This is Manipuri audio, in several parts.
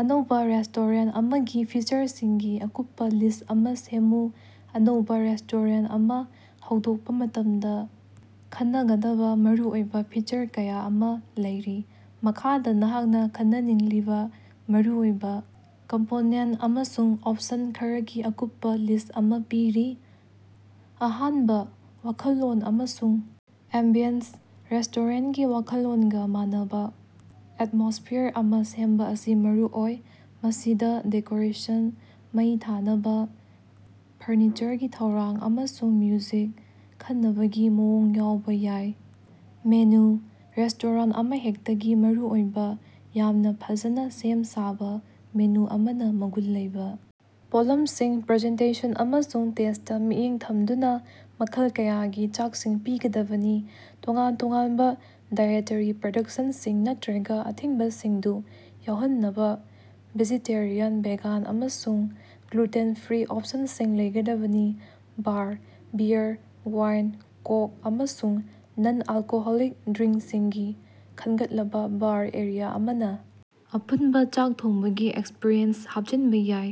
ꯑꯅꯧꯕꯥ ꯔꯦꯁꯇꯣꯔꯦꯟ ꯑꯃꯒꯤ ꯐꯤꯆꯔꯁꯤꯡꯒꯤ ꯑꯀꯨꯞꯄꯥ ꯂꯤꯁ ꯑꯃ ꯁꯦꯝꯃꯨ꯫ ꯑꯅꯧꯕꯥ ꯔꯦꯁꯇꯣꯔꯦꯟ ꯑꯃ ꯍꯧꯗꯣꯛꯄ ꯃꯇꯝꯗ ꯈꯟꯅꯒꯗꯕꯥ ꯃꯔꯨꯑꯣꯏꯕ ꯐꯤꯆꯔ ꯀꯌꯥ ꯑꯃ ꯂꯩꯔꯤ꯫ ꯃꯈꯥꯗ ꯅꯍꯥꯛꯅ ꯈꯟꯅꯅꯤꯡꯂꯤꯕꯥ ꯃꯔꯨꯑꯣꯏꯕ ꯀꯝꯄꯣꯅꯦꯟ ꯑꯃꯁꯨꯡ ꯑꯣꯞꯁꯟ ꯈꯔꯒꯤ ꯑꯀꯨꯞꯄꯥ ꯂꯤꯁ ꯑꯃ ꯄꯤꯔꯤ: ꯑꯍꯥꯟꯕ:ꯋꯥꯈꯜꯂꯣꯟ ꯑꯃꯁꯨꯡ ꯑꯦꯝꯕꯤꯌꯟꯁ: ꯔꯦꯁꯇꯣꯔꯦꯟꯀꯤ ꯋꯥꯈꯜꯂꯣꯟꯒ ꯃꯥꯟꯅꯕ ꯑꯦꯠꯃꯣꯁꯐꯤꯌꯥꯔ ꯑꯃ ꯁꯦꯝꯕ ꯑꯁꯤ ꯃꯔꯨꯑꯣꯏ꯫ ꯃꯁꯤꯗ ꯗꯦꯀꯣꯔꯦꯁꯟ, ꯃꯩ ꯊꯥꯟꯅꯕ, ꯐꯔꯅꯤꯆꯔꯒꯤ ꯊꯧꯔꯥꯡ, ꯑꯃꯁꯨꯡ ꯃ꯭ꯌꯨꯖꯤꯛ ꯈꯟꯅꯕꯒꯤ ꯃꯑꯣꯡ ꯌꯥꯎꯕ ꯌꯥꯏ꯫ ꯃꯦꯅꯨ: ꯔꯦꯁꯇꯣꯔꯦꯟ ꯑꯃꯍꯦꯛꯇꯒꯤ ꯃꯔꯨꯑꯣꯏꯕ, ꯌꯥꯝꯅ ꯐꯖꯅ ꯁꯦꯝ ꯁꯥꯕ ꯃꯦꯅꯨ ꯑꯃꯅ ꯃꯒꯨꯟ ꯂꯩꯕ ꯄꯣꯠꯂꯝꯁꯤꯡ, ꯄ꯭ꯔꯖꯦꯟꯇꯦꯁꯟ ꯑꯃꯁꯨꯡ ꯇꯦꯁꯇꯥ ꯃꯤꯠꯌꯦꯡ ꯊꯝꯗꯨꯅꯥ ꯃꯈꯜ ꯀꯌꯥꯒꯤ ꯆꯥꯛꯁꯤꯡ ꯄꯤꯒꯗꯕꯅꯤ꯫ ꯇꯣꯉꯥꯟ-ꯇꯣꯉꯥꯟꯕ ꯗꯥꯏꯑꯦꯇꯔꯤ ꯄꯔꯗꯛꯁꯟꯁꯤꯡ ꯅꯠꯇ꯭ꯔꯒꯥ ꯑꯊꯤꯡꯕꯁꯤꯡꯗꯨ ꯌꯥꯎꯍꯟꯅꯕꯥ ꯚꯦꯖꯦꯇꯦꯔꯤꯌꯥꯟ, ꯚꯦꯒꯥꯟ ꯑꯃꯁꯨꯡ ꯒ꯭ꯂꯨꯇꯦꯟ-ꯐ꯭ꯔꯤ ꯑꯣꯞꯁꯟꯁꯤꯡ ꯂꯩꯒꯗꯕꯅꯤ꯫ ꯕꯥꯔ: ꯕꯤꯌꯔ, ꯋꯥꯏꯟ, ꯀꯣꯛ, ꯑꯃꯁꯨꯡ ꯅꯟ-ꯑꯜꯀꯣꯍꯣꯂꯤꯛ ꯗ꯭ꯔꯤꯡꯁꯤꯡꯒꯤ ꯈꯟꯒꯠꯂꯕꯥ ꯕꯥꯔ ꯑꯦꯔꯤꯌꯥ ꯑꯃꯅ ꯑꯄꯨꯟꯕ ꯆꯥꯛ ꯊꯣꯡꯕꯒꯤ ꯑꯦꯛꯁꯄꯔꯤꯌꯦꯟꯁꯇ ꯍꯥꯞꯆꯤꯟꯕ ꯌꯥꯏ꯫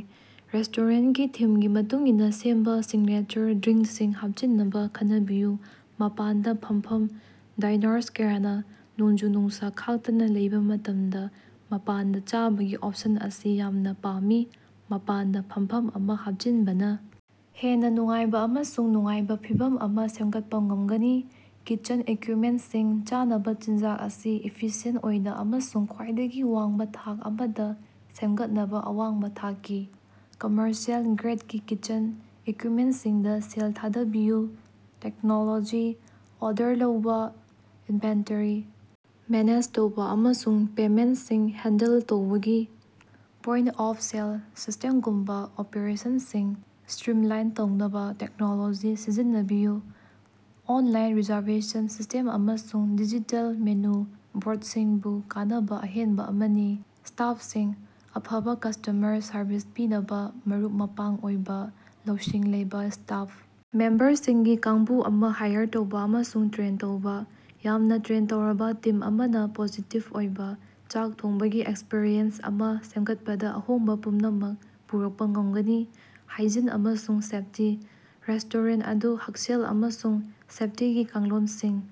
ꯔꯦꯁꯇꯣꯔꯦꯟꯀꯤ ꯊꯤꯝꯒꯤ ꯃꯇꯨꯡ ꯏꯟꯅ ꯁꯦꯝꯕ ꯁꯤꯒꯅꯦꯆꯔ ꯗ꯭ꯔꯤꯡꯁꯤꯡ ꯍꯥꯞꯆꯤꯟꯅꯕ ꯈꯟꯅꯕꯤꯌꯨ꯫ ꯃꯄꯥꯟꯗ ꯐꯝꯐꯝ: ꯗꯥꯏꯅꯥꯔꯁ ꯀꯌꯥꯅ ꯅꯣꯡꯖꯨ-ꯅꯨꯡꯁꯥ ꯈꯥꯛꯇꯅ ꯂꯩꯕ ꯃꯇꯝꯗ ꯃꯄꯥꯟꯗ ꯆꯥꯕꯒꯤ ꯑꯣꯞꯁꯟ ꯑꯁꯤ ꯌꯥꯝꯅ ꯄꯥꯝꯃꯤ꯫ ꯃꯄꯥꯟꯗ ꯐꯝꯐꯝ ꯑꯃ ꯍꯥꯞꯆꯤꯟꯕꯅ ꯍꯦꯟꯅ ꯅꯨꯡꯉꯥꯏꯕ ꯑꯃꯁꯨꯡ ꯅꯨꯡꯉꯥꯏꯕ ꯐꯤꯚꯝ ꯑꯃ ꯁꯦꯝꯒꯠꯄ ꯉꯝꯒꯅꯤ꯫ ꯀꯤꯆꯟ ꯏꯛꯕꯤꯞꯃꯦꯟꯁꯤꯡ: ꯆꯥꯅꯕ ꯆꯤꯟꯖꯥꯛ ꯑꯁꯤ ꯏꯐꯤꯁꯤꯌꯦꯟ ꯑꯣꯏꯅ ꯑꯃꯁꯨꯡ ꯈ꯭ꯋꯥꯏꯗꯒꯤ ꯋꯥꯡꯕ ꯊꯥꯛ ꯑꯃꯗ ꯁꯦꯝꯒꯠꯅꯕ ꯑꯋꯥꯡꯕ ꯊꯥꯛꯀꯤ, ꯀꯝꯃꯔꯁꯤꯑꯦꯜ ꯒ꯭ꯔꯦꯠꯀꯤ ꯀꯤꯆꯟ ꯏꯛꯕꯤꯞꯃꯦꯟꯁꯤꯡꯗ ꯁꯦꯜ ꯊꯥꯗꯕꯤꯌꯨ꯫ ꯇꯦꯛꯅꯣꯂꯣꯖꯤ: ꯑꯣꯔꯗꯔ ꯂꯧꯕꯥ, ꯏꯅꯚꯦꯟꯇꯔꯤ ꯃꯦꯅꯦꯖ ꯇꯧꯕ, ꯑꯃꯁꯨꯡ ꯄꯦꯃꯦꯟꯁꯤꯡ ꯍꯦꯟꯗꯜ ꯇꯧꯕꯒꯤ ꯄꯣꯏꯟꯇ-ꯑꯣꯐ-ꯁꯦꯜ ꯁꯤꯁꯇꯦꯝꯒꯨꯝꯕꯥ ꯑꯣꯄꯔꯦꯁꯟꯁꯤꯡ ꯁ꯭ꯇꯔꯤꯝꯂꯥꯏꯟ ꯇꯧꯅꯕ ꯇꯦꯛꯅꯣꯂꯣꯖꯤ ꯁꯤꯖꯤꯟꯅꯕꯤꯌꯨ꯫ ꯑꯣꯟꯂꯥꯏꯟ ꯔꯤꯖꯔꯕꯦꯁꯟ ꯁꯤꯁꯇꯦꯝ ꯑꯃꯁꯨꯡ ꯗꯤꯖꯤꯇꯦꯜ ꯃꯦꯅꯨ ꯕꯣꯔꯠꯁꯤꯡꯁꯨ ꯀꯥꯟꯅꯕ ꯑꯍꯦꯟꯕ ꯑꯃꯅꯤ꯫ ꯁ꯭ꯇꯥꯐꯁꯤꯡ: ꯑꯐꯕ ꯀꯁꯇꯃꯔ ꯁꯔꯕꯤꯁ ꯄꯤꯅꯕ ꯃꯔꯨꯞ-ꯃꯄꯥꯡ ꯑꯣꯏꯕ, ꯂꯧꯁꯤꯡ ꯂꯩꯕꯥ ꯁ꯭ꯇꯥꯐ ꯃꯦꯝꯕꯔꯁꯤꯡꯒꯤ ꯀꯥꯡꯕꯨ ꯑꯃ ꯍꯥꯏꯌꯔ ꯇꯧꯕ ꯑꯃꯁꯨꯡ ꯇ꯭ꯔꯦꯟ ꯇꯧꯕ꯫ ꯌꯥꯝꯅ ꯇ꯭ꯔꯦꯟ ꯇꯧꯔꯕ ꯇꯤꯝ ꯑꯃꯅ ꯄꯣꯖꯤꯇꯤꯕ ꯑꯣꯏꯕ ꯆꯥꯛ ꯊꯣꯡꯕꯒꯤ ꯑꯦꯛꯁꯄꯔꯤꯌꯦꯟꯁ ꯑꯃ ꯁꯦꯝꯒꯠꯄꯗ ꯑꯍꯣꯡꯕ ꯄꯨꯝꯅꯃꯛ ꯄꯨꯔꯛꯄ ꯉꯝꯒꯅꯤ꯫ ꯍꯥꯏꯖꯤꯟ ꯑꯃꯁꯨꯡ ꯁꯦꯐꯇꯤ: ꯔꯦꯁꯇꯣꯔꯦꯟ ꯑꯗꯨ ꯍꯛꯁꯦꯜ ꯑꯃꯁꯨꯡ ꯁꯦꯐꯇꯤꯒꯤ ꯀꯥꯡꯂꯣꯟꯁꯤꯡ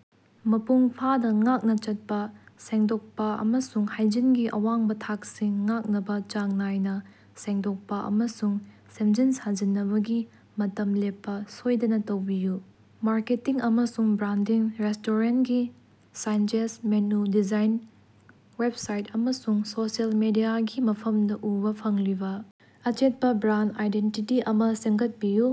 ꯃꯄꯨꯡ ꯐꯥꯅ ꯉꯥꯛꯅ ꯆꯠꯄ, ꯁꯦꯡꯗꯣꯛꯄ ꯑꯃꯁꯨꯡ ꯍꯥꯏꯖꯤꯟꯒꯤ ꯑꯋꯥꯡꯕ ꯊꯥꯛꯁꯤꯡ ꯉꯥꯛꯅꯕ ꯆꯥꯡ ꯅꯥꯏꯅ ꯁꯦꯡꯗꯣꯛꯄ ꯑꯃꯁꯨꯡ ꯁꯦꯝꯖꯤꯟ-ꯁꯥꯖꯤꯟꯅꯕꯒꯤ ꯃꯇꯝ ꯂꯦꯞꯄꯥ ꯁꯣꯏꯗꯅ ꯇꯧꯕꯤꯌꯨ꯫ ꯃꯥꯔꯀꯦꯇꯤꯡ ꯑꯃꯁꯨꯡ ꯕ꯭ꯔꯥꯟꯗꯤꯡ: ꯔꯦꯁꯇꯣꯔꯦꯟꯀꯤ ꯁꯥꯏꯟꯖꯦꯖ, ꯃꯦꯅꯨ ꯗꯤꯖꯥꯏꯟ, ꯋꯦꯕꯁꯥꯏꯠ, ꯑꯃꯁꯨꯡ ꯁꯣꯁꯤꯑꯦꯜ ꯃꯤꯗꯤꯌꯥꯒꯤ ꯃꯐꯝꯗ ꯎꯕ ꯐꯪꯂꯤꯕ ꯑꯆꯦꯠꯄ ꯕ꯭ꯔꯥꯟꯗ ꯑꯥꯏꯗꯦꯟꯇꯤꯇꯤ ꯑꯃ ꯁꯦꯝꯒꯠꯄꯤꯌꯨ꯫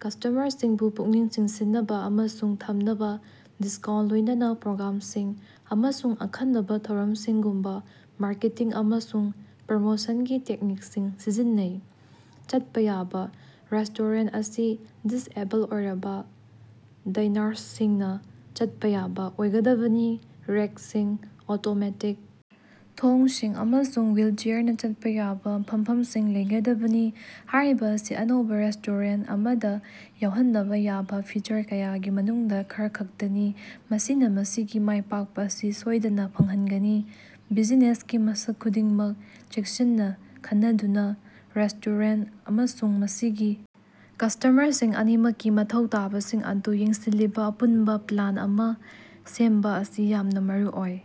ꯀꯁꯇꯃꯔꯁꯤꯡꯕꯨ ꯄꯨꯛꯅꯤꯡ ꯆꯤꯡꯁꯤꯟꯅꯕ ꯑꯃꯁꯨꯡ ꯊꯝꯅꯕꯥ ꯗꯤꯁꯀꯥꯎꯟ, ꯂꯣꯏꯅꯅꯥ ꯄ꯭ꯔꯣꯒ꯭ꯔꯥꯝꯁꯤꯡ, ꯑꯃꯁꯨꯡ ꯑꯈꯟꯅꯕꯥ ꯊꯧꯔꯝꯁꯤꯡꯒꯨꯝꯕ ꯃꯥꯔꯀꯦꯇꯤꯡ ꯑꯃꯁꯨꯡ ꯄ꯭ꯔꯃꯣꯁꯟꯒꯤ ꯇꯦꯛꯅꯤꯛꯁꯤꯡ ꯁꯤꯖꯤꯟꯅꯩ꯫ ꯆꯠꯄ ꯌꯥꯕ: ꯔꯦꯁꯇꯣꯔꯦꯟ ꯑꯁꯤ ꯗꯤꯁꯑꯦꯕꯜ ꯑꯣꯏꯔꯕ ꯗꯥꯏꯅꯥꯔꯁꯁꯤꯡꯅ ꯆꯠꯄ ꯌꯥꯕ ꯑꯣꯏꯒꯗꯕꯅꯤ, ꯔꯦꯛꯁꯤꯡ, ꯑꯣꯇꯣꯃꯦꯇꯤꯛ ꯊꯣꯡꯁꯤꯡ, ꯑꯃꯁꯨꯡ ꯍꯨꯏꯜꯆꯦꯌꯥꯔꯅꯥ ꯆꯠꯄꯥ ꯌꯥꯕ ꯐꯝꯐꯝꯁꯤꯡ ꯂꯩꯒꯗꯕꯅꯤ꯫ ꯍꯥꯏꯔꯤꯕ ꯑꯁꯤ ꯑꯅꯧꯕ ꯔꯦꯁꯇꯣꯔꯦꯟ ꯑꯃꯗ ꯌꯥꯎꯍꯟꯅꯕ ꯌꯥꯕ ꯐꯤꯆꯔ ꯀꯌꯥꯒꯤ ꯃꯅꯨꯡꯗꯥ ꯈꯔꯈꯛꯇꯅꯤ, ꯃꯁꯤꯅ ꯃꯁꯤꯒꯤ ꯃꯥꯢ ꯄꯥꯛꯄ ꯑꯁꯤ ꯁꯣꯏꯗꯅꯥ ꯐꯪꯍꯟꯒꯅꯤ꯫ ꯕꯤꯖꯤꯅꯦꯁꯀꯤ ꯃꯁꯛ ꯈꯨꯗꯤꯡꯃꯛ ꯆꯦꯛꯁꯤꯟꯅ ꯈꯟꯅꯗꯨꯅꯥ ꯔꯦꯁꯇꯣꯔꯦꯟ ꯑꯃꯁꯨꯡ ꯃꯁꯤꯒꯤ ꯀꯁꯇꯃꯔꯁꯤꯡ ꯑꯅꯤꯃꯛꯀꯤ ꯃꯊꯧ ꯇꯥꯕꯁꯤꯡ ꯑꯗꯨ ꯌꯦꯡꯁꯤꯜꯂꯤꯕ ꯑꯄꯨꯟꯕ ꯄ꯭ꯂꯥꯟ ꯑꯃ ꯁꯦꯝꯕꯥ ꯑꯁꯤ ꯌꯥꯝꯅ ꯃꯔꯨꯑꯣꯏ꯫